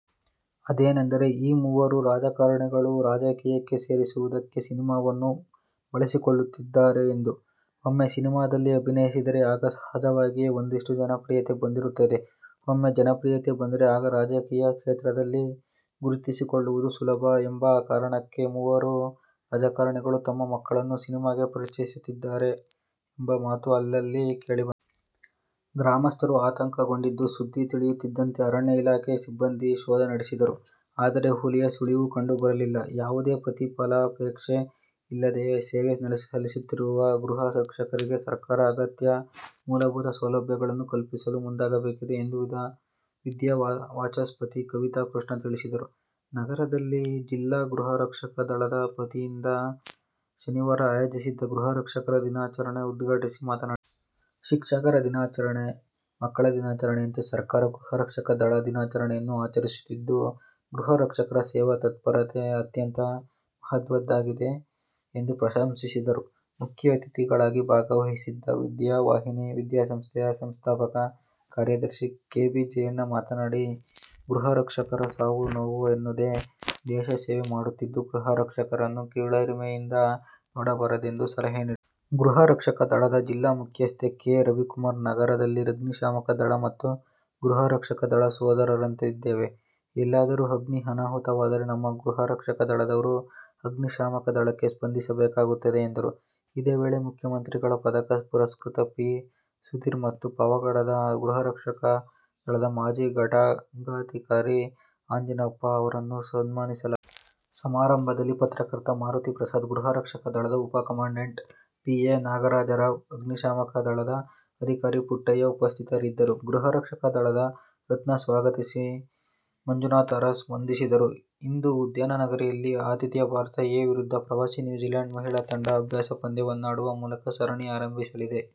ಅದೇನೆಂದರೆ, ಈ ಮೂವರೂ ರಾಜಕಾರಣಿಗಳು, ರಾಜಕೀಯಕ್ಕೆ ಸೇರಿಸುವುದಕ್ಕೆ ಸಿನಿಮಾವನ್ನು ಬಳಸಿಕೊಳ್ಳುತ್ತಿದ್ದಾರೆ ಎಂದು. ಒಮ್ಮೆ ಸಿನಿಮಾದಲ್ಲಿ ಅಭಿನಯಿಸಿದರೆ, ಆಗ ಸಹಜವಾಗಿಯೇ ಒಂದಿಷ್ಟು ಜನಪ್ರಿಯತೆ ಬಂದಿರುತ್ತದೆ. ಒಮ್ಮೆ ಜನಪ್ರಿಯತೆ ಬಂದರೆ, ಆಗ ರಾಜಕೀಯ ಕ್ಷೇತ್ರದಲ್ಲಿ ಗುರುತಿಸಿಕೊಳ್ಳುವುದು ಸುಲಭ ಎಂಬ ಕಾರಣಕ್ಕೆ ಮೂವರು ರಾಜಕಾರಣಿಗಳು ತಮ್ಮ ಮಕ್ಕಳನ್ನು ಸಿನಿಮಾಗೆ ಪರಿಚಯಿಸುತ್ತಿದ್ದಾರೆ ಎಂಬ ಮಾತು ಅಲ್ಲಲ್ಲಿ ಕೇಳಿ ಬಂತು. ಗ್ರಾಮಸ್ಥರು ಆತಂಕಗೊಂಡಿದ್ದು, ಸುದ್ದಿ ತಿಳಿಯುತ್ತಿದ್ದಂತೆ ಅರಣ್ಯ ಇಲಾಖೆ ಸಿಬ್ಬಂದಿ ಶೋಧ ನಡೆಸಿದರು. ಆದರೆ ಹುಲಿಯ ಸುಳಿವು ಕಂಡು ಬರಲಿಲ್ಲ. ಯಾವುದೇ ಪ್ರತಿಫಲಾಪೇಕ್ಷೆ ಇಲ್ಲದೆ ಸೇವೆ ಸಲ್ಲಿಸುತ್ತಿರುವ ಗೃಹ ರಕ್ಷಕರಿಗೆ ಸರ್ಕಾರ ಅಗತ್ಯ ಮೂಲಭೂತ ಸೌಲಭ್ಯಗಳನ್ನು ಕಲ್ಪಿಸಲು ಮುಂದಾಗಬೇಕಿದೆ ಎಂದು ವಿದ್ಯಾವಾಚಸ್ಪತಿ ಕವಿತಾಕೃಷ್ಣ ತಿಳಿಸಿದರು. ನಗರದಲ್ಲಿ ಜಿಲ್ಲಾಗೃಹರಕ್ಷಕ ದಳದ ವತಿಯಿಂದ ಶನಿವಾರ ಆಯೋಜಿಸಿದ್ದ ಗೃಹ ರಕ್ಷಕರ ದಿನಾಚರಣೆ ಉದ್ಘಾಟಿಸಿ ಮಾತನಾಡಿದರು. ಶಿಕ್ಷಕರ ದಿನಾಚರಣೆ, ಮಕ್ಕಳ ದಿನಾಚರಣೆಯಂತೆ ಸರ್ಕಾರ ಗೃಹರಕ್ಷಕ ದಳದಿನಾಚರಣೆಯನ್ನು ಆಚರಿಸುತ್ತಿದ್ದು, ಗೃಹ ರಕ್ಷಕರ ಸೇವಾ ತತ್ಪರತೆ ಅತ್ಯಂತ ಮಹತ್ವದ್ದಾಗಿದೆ ಎಂದು ಪ್ರಶಂಸಿಸಿದರು. ಮುಖ್ಯಅತಿಥಿಗಳಾಗಿ ಭಾಗವಹಿಸಿದ್ದ ವಿದ್ಯಾವಾಹಿನಿ ವಿದ್ಯಾಸಂಸ್ಥೆಯ ಸಂಸ್ಥಾಪಕ ಕಾರ್ಯದರ್ಶಿ ಕೆ. ಬಿ. ಜಯಣ್ಣ ಮಾತನಾಡಿ, ಗೃಹ ರಕ್ಷಕರು ಸಾವು-ನೋವು ಎನ್ನದೇ ದೇಶ ಸೇವೆ ಮಾಡುತ್ತಿದ್ದು ಗೃಹರಕ್ಷಕರನ್ನು ಕೀಳರಿಮೆಯಿಂದ ನೋಡಬಾರದೆಂದು ಸಲಹೆ ನೀಡಿದರು. ಗೃಹರಕ್ಷಕ ದಳದ ಜಿಲ್ಲಾ ಮುಖ್ಯಸ್ಥ ಕೆ. ರವಿಕುಮಾರ್, ನಗರದಲ್ಲಿ ಅಗ್ನಿಶಾಮಕ ದಳ ಮತ್ತು ಗೃಹರಕ್ಷಕ ದಳ ಸೋದರರಂತೆ ಇದ್ದೇವೆ. ಎಲ್ಲಾದರೂ ಅಗ್ನಿ ಅನಾಹುತವಾದರೆ ನಮ್ಮ ಗೃಹರಕ್ಷಕ ದಳದವರು ಅಗ್ನಿಶಾಮಕ ದಳಕ್ಕೆ ಸ್ಪಂದಿಸಬೇಕಾಗುತ್ತದೆ ಎಂದರು. ಇದೇ ವೇಳೆ ಮುಖ್ಯಮಂತ್ರಿಗಳ ಪದಕ ಪುರಸ್ಕೃತ ಪಿ. ಸುಧೀರ್ ಮತ್ತು ಪಾವಗಡದ ಗೃಹರಕ್ಷಕ ದಳದ ಮಾಜಿ ಘಟಕಾಧಿಕಾರಿ ಆಂಜಿನಪ್ಪ ಅವರನ್ನು ಸನ್ಮಾನಿಸಲಾಯಿತು. ಸಮಾರಂಭದಲ್ಲಿ ಪತ್ರಕರ್ತ ಮಾರುತಿಪ್ರಸಾದ್, ಗೃಹರಕ್ಷಕ ದಳದ ಉಪ ಕಮಾಂಡೆಂಟ್ ಪಿ. ಎ. ನಾಗರಾಜರಾವ್, ಅಗ್ನಿಶಾಮಕ ದಳದ ಅಧಿಕಾರಿ ಪುಟ್ಟಯ್ಯ ಉಪಸ್ಥಿತರಿದ್ದರು. ಗೃಹರಕ್ಷಕ ದಳದ ರತ್ನ ಸ್ವಾಗತಿಸಿ, ಮಂಜುನಾಥ ಅರಸ್ ವಂದಿಸಿದರು. ಇಂದು ಉದ್ಯಾನನಗರಿಯಲ್ಲಿ ಆತಿಥೇಯ ಭಾರತ ಎ' ವಿರುದ್ಧ ಪ್ರವಾಸಿ ನ್ಯೂಜಿಲೆಂಡ್ ಮಹಿಳಾ ತಂಡ ಅಭ್ಯಾಸ ಪಂದ್ಯವನ್ನಾಡುವ ಮೂಲಕ ಸರಣಿ ಆರಂಭಿಸಲಿದೆ.